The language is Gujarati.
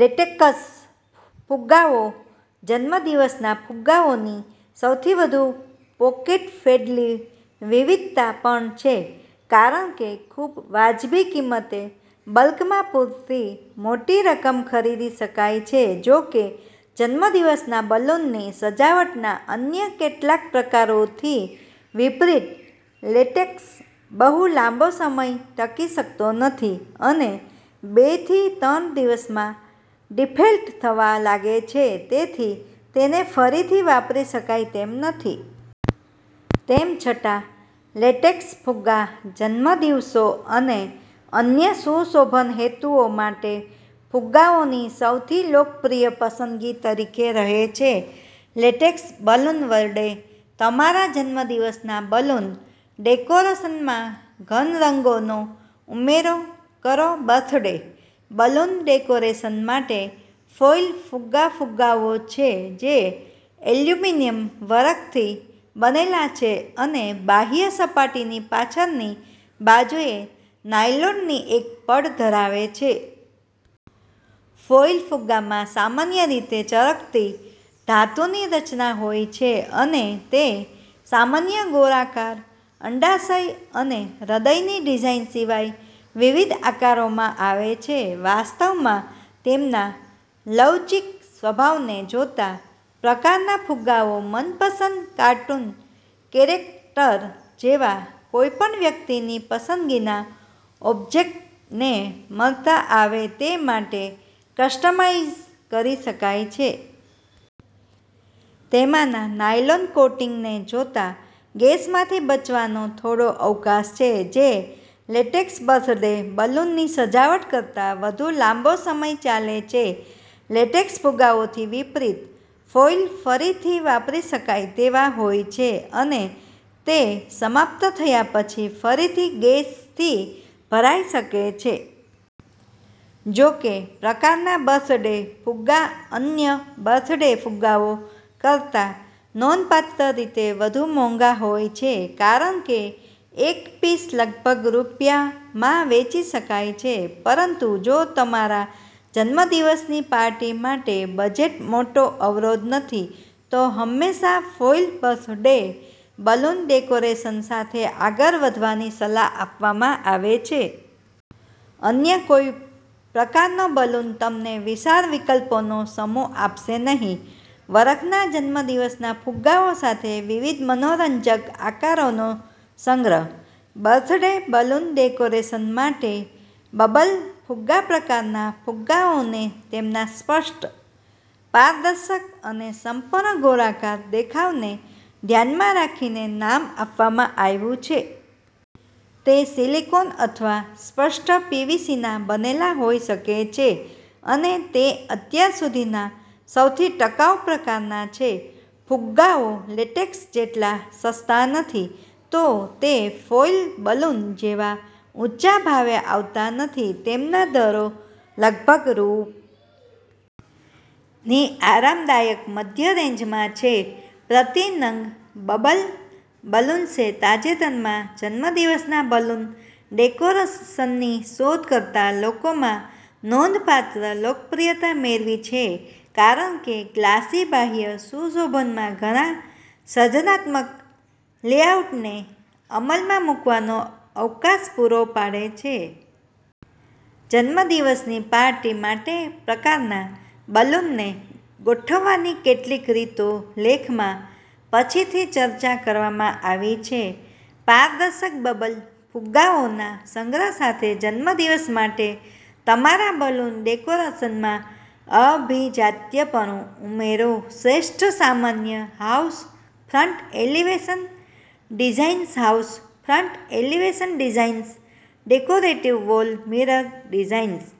લેટેક્સ ફુગ્ગાઓ જન્મદિવસના ફુગ્ગાઓની સૌથી વધુ પોકેટ-ફ્રેંડલી વિવિધતા પણ છે કારણ કે ખૂબવાજબી કિંમતે બલ્કમાં પૂરતી મોટી રકમ ખરીદી શકાય છે. જો કે, જન્મદિવસના બલૂનની સજાવટના અન્ય કેટલાક પ્રકારોથી વિપરીત, લેટેક્સ બહુ લાંબો સમય ટકી શકતો નથી અને બેથી ત્રણ દિવસમાં ડિફ્લેટ થવા લાગે છે, તેથી તેને ફરીથી વાપરી શકાય તેમ નથી. તેમ છતાં, લેટેક્સ ફુગ્ગા જન્મદિવસો અને અન્ય સુશોભન હેતુઓ માટે ફુગ્ગાઓની સૌથી લોકપ્રિય પસંદગી તરીકે રહે છે. લેટેક્સ બલૂન વડે તમારા જન્મદિવસના બલૂન ડેકોરેશનમાં ઘન રંગોનો ઉમેરો કરોબર્થડે બલૂન ડેકોરેશન માટે ફોઇલ ફુગ્ગાફુગ્ગાઓ છે જે એલ્યુમિનિયમ વરખથી બનેલા છે અને બાહ્ય સપાટીની પાછળની બાજુએ નાયલોનની એક પડ ધરાવે છે. ફોઇલ ફુગ્ગામાં સામાન્ય રીતે ચળકતી, ધાતુની રચના હોય છે અને તે સામાન્ય ગોળાકાર, અંડાશય અને હૃદયની ડિઝાઇન સિવાય વિવિધ આકારોમાં આવે છે. વાસ્તવમાં, તેમના લવચીક સ્વભાવને જોતાં, પ્રકારના ફુગ્ગાઓ મનપસંદ કાર્ટૂન કેરેક્ટર જેવા કોઈ પણ વ્યક્તિની પસંદગીના ઑબ્જેક્ટને મળતા આવે તે માટે કસ્ટમાઇઝ કરી શકાય છે. તેમાંના નાયલોન કોટિંગને જોતાં, ગેસમાંથી બચવાનો થોડો અવકાશ છે, જે લેટેક્સ બર્થડે બલૂનની સજાવટ કરતાં વધુ લાંબો સમય ચાલે છે. લેટેક્સ ફુગ્ગાઓથી વિપરીત, ફોઇલ ફરીથી વાપરી શકાય તેવા હોય છે અને તે સમાપ્ત થયા પછી ફરીથી ગેસથી ભરાઈ શકે છે. જો કે, પ્રકારના બર્થડે ફુગ્ગા અન્ય બર્થડે ફુગ્ગાઓ કરતાં નોંધપાત્ર રીતે વધુ મોંઘા હોય છે, કારણ કે એક પીસ લગભગ રૂ. માં વેચી શકાય છે. પરંતુ જો તમારા જન્મદિવસની પાર્ટી માટે બજેટ મોટો અવરોધ નથી, તો હંમેશા ફોઇલ બર્થડે બલૂન ડેકોરેશન સાથે આગળ વધવાની સલાહ આપવામાં આવે છે. અન્ય કોઈ પ્રકારનો બલૂન તમને વિશાળ વિકલ્પોનો સમૂહ આપશે નહીં. વરખના જન્મદિવસના ફુગ્ગાઓ સાથે વિવિધ મનોરંજક આકારોનો સંગ્રહ. બર્થડે બલૂન ડેકોરેશન માટે બબલ ફુગ્ગાપ્રકારના ફુગ્ગાઓને તેમના સ્પષ્ટ, પારદર્શક અને સંપૂર્ણ ગોળાકાર દેખાવને ધ્યાનમાં રાખીને નામ આપવામાં આવ્યું છે. તે સિલિકોન અથવા સ્પષ્ટ પીવીસીના બનેલા હોઈ શકે છે અને તે અત્યાર સુધીના સૌથી ટકાઉ પ્રકાર છે. ફુગ્ગાઓ લેટેક્સ જેટલા સસ્તા નથી, તો તે ફોઈલ બલૂન જેવા ઊંચા ભાવે આવતા નથીતેમના દરો લગભગ રૂ. ની આરામદાયક મધ્ય રેન્જમાં છે. પ્રતિ નંગ. બબલ બલૂન્સે તાજેતરમાં જન્મદિવસના બલૂન ડેકોરેશનની શોધ કરતા લોકોમાં નોંધપાત્ર લોકપ્રિયતા મેળવી છે કારણ કે ગ્લાસી બાહ્ય સુશોભનમાં ઘણા સર્જનાત્મક લેઆઉટને અમલમાં મૂકવાનો અવકાશ પૂરો પાડે છે. જન્મદિવસની પાર્ટી માટેપ્રકારના બલૂનને ગોઠવવાની કેટલીક રીતો લેખમાં પછીથી ચર્ચા કરવામાં આવી છે. પારદર્શક બબલ ફુગ્ગાઓના સંગ્રહ સાથે જન્મદિવસ માટે તમારા બલૂન ડેકોરેશનમાં અભિજાત્યપણુ ઉમેરો શ્રેષ્ઠ સામાન્ય house front elevation designs house front elevation designs, decorative wall mirror designs